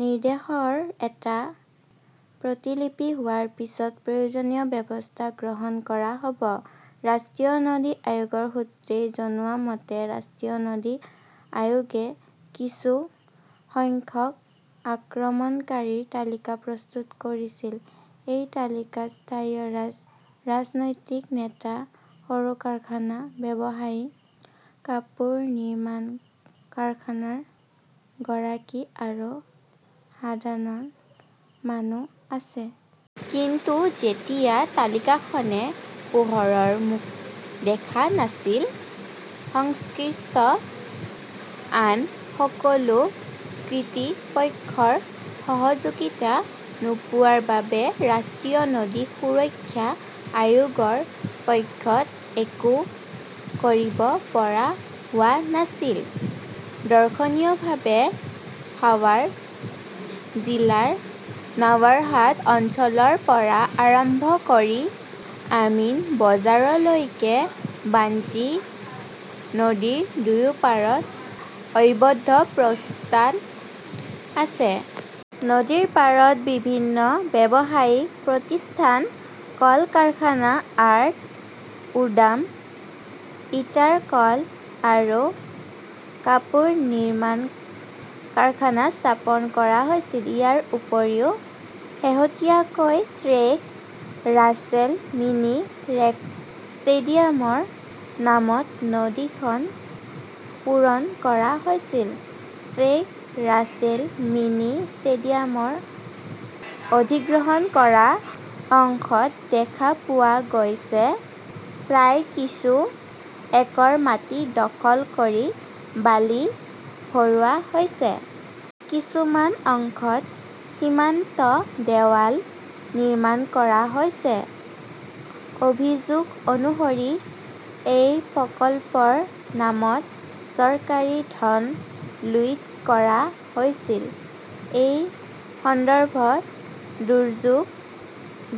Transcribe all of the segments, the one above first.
নিৰ্দেশৰ এটা প্ৰতিলিপি পোৱাৰ পিছত প্ৰয়োজনীয় ব্যৱস্থা গ্ৰহণ কৰা হ'ব। ৰাষ্ট্ৰীয় নদী আয়োগৰ সূত্ৰই জনোৱা মতে, ৰাষ্ট্ৰীয় নদী আয়োগে কিছু সংখ্যাক আক্ৰমণকাৰীৰ তালিকা প্ৰস্তুত কৰিছিল। এই তালিকাত স্থানীয় ৰাজনৈতিক নেতা, সৰু কাৰখানাৰ ব্যৱসায়ী, কাপোৰ নিৰ্মাণ কাৰখানাৰ গৰাকী আৰু সাধাৰণ মানুহ আছে। কিন্তু তেতিয়া তালিকাখনে পোহৰৰ মুখ দেখা নাছিল। সংশ্লিষ্ট আন সকলো কৰ্তৃপক্ষৰ সহযোগিতা নোপোৱাৰ বাবে ৰাষ্ট্ৰীয় নদী সুৰক্ষা আয়োগৰ পক্ষত একো কৰিব পৰা হোৱা নাছিল। দৰ্শনীয়ভাৱে, সাৱাৰ জিলাৰ নাৱাৰহাট অঞ্চলৰ পৰা আৰম্ভ কৰি আমিনবজাৰৰলৈকে বাঞ্জী নদীৰ দুয়োপাৰত অবৈধ প্ৰতিষ্ঠান আছে। নদীৰপাৰত বিভিন্ন ব্যৱসায়িক প্ৰতিষ্ঠান, কল-কাৰখানা, আৰ্ট, গুদাম, ইটাৰ কল আৰু কাপোৰ নিৰ্মাণ কাৰখানা স্থাপন কৰা হৈছিল। ইয়াৰ উপৰিও শেহতীয়াকৈ 'শ্বেইখ ৰাছেল মিনি ষ্টেডিয়াম "ৰ নামত নদীখন পূৰণ কৰা হৈছিল। শ্বেইখ ৰাছেল মিনি ষ্টেডিয়ামৰ অধিগ্ৰহণ কৰা অংশত দেখা পোৱা গৈছে প্ৰায় কিছু একৰ মাটি দখল কৰি বালি ভৰোৱা হৈছে। কিছুমান অংশত সীমান্ত দেৱাল নিৰ্মাণ কৰা হৈছে। অভিযোগ অনুসৰি, এই প্ৰকল্পটোৰ নামত চৰকাৰী ধন লুট কৰা হৈছিল। এই সন্দৰ্ভত দুৰ্যোগ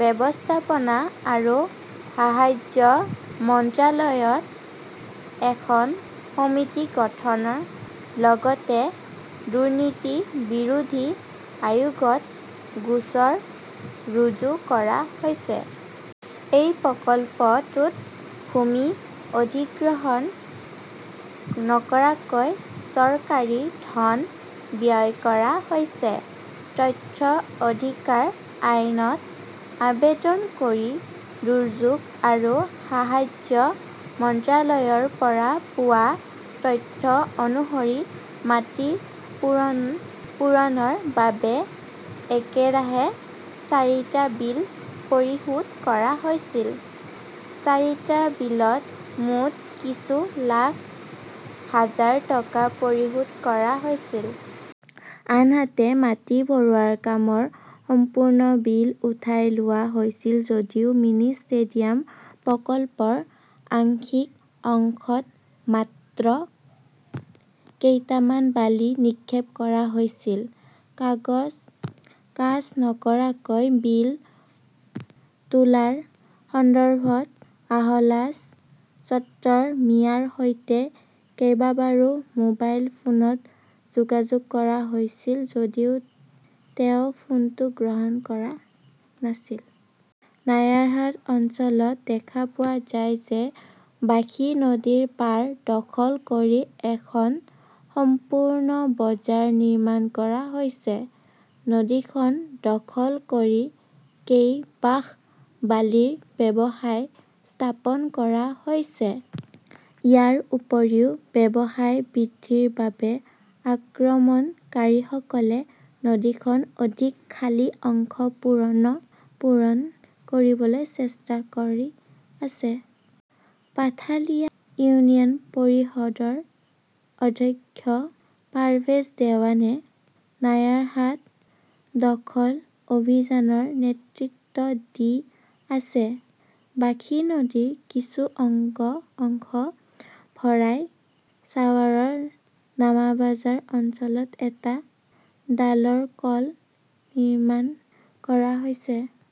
ব্যৱস্থাপনা আৰু সাহায্য মন্ত্ৰালয়ত এখন সমিতি গঠনৰ লগতে দুৰ্নীতি বিৰোধী আয়োগত গোচৰ ৰুজু কৰা হৈছে। এই প্ৰকল্পটোত ভূমি অধিগ্ৰহণ নকৰাকৈ চৰকাৰী ধন ব্যয় কৰা হৈছে। তথ্যৰ অধিকাৰ আইনত আবেদন কৰি দুৰ্যোগ আৰু সাহায্য মন্ত্ৰালয়ৰ পৰা পোৱা তথ্য অনুসৰি মাটি পূৰণৰ বাবে একেৰাহে চাৰিটা বিল পৰিশোধ কৰা হৈছিল। চাৰিটা বিলত মুঠ কিছু লাখ হাজাৰ টকা পৰিশোধ কৰা হৈছিল। আনহাতে, মাটি ভৰোৱাৰ কামৰ সম্পূৰ্ণ বিল উঠাই লোৱা হৈছিল যদিও মিনি ষ্টেডিয়াম প্ৰকল্পৰ আংশিক অংশত মাত্ৰ কেইটামান বালি নিক্ষেপ কৰা হৈছিল। কাজ নকৰাকৈ বিল তোলাৰ সন্দৰ্ভত আহলাজ ছত্তৰ মিয়াৰ সৈতে কেইবাবাৰো মোবাইল ফোনত যোগাযোগ কৰা হৈছিল যদিও তেওঁ ফোনটো গ্ৰহণ কৰা নাছিল। নায়াৰহাট অঞ্চলত দেখা পোৱা যায় যে বাঁশী নদীৰ পাৰ দখল কৰি এখন সম্পূৰ্ণ বজাৰ নিৰ্মাণ কৰা হৈছে। নদীখন দখল কৰি কেইবাশ বালিৰ ব্যৱসায় স্থাপন কৰা হৈছে। ইয়াৰ উপৰিও, ব্যৱসায় বৃদ্ধিৰ বাবে আক্ৰমণকাৰীসকলে নদীখনৰ অধিক খালী অংশ পূৰণ কৰিবলৈ চেষ্টা কৰি আছে। পাথালিয়া ইউনিয়ন পৰিষদৰ অধ্যক্ষ পাৰভেজ দেৱানে নায়াৰহাট দখল অভিযানৰ নেতৃত্ব দি আছে। বাঁশী নদীৰ কিছু অংশ ভৰাই ছাৱাৰৰ নামাবাজাৰ অঞ্চলত এটা ডালৰ কল নিৰ্মাণ কৰা হৈছে।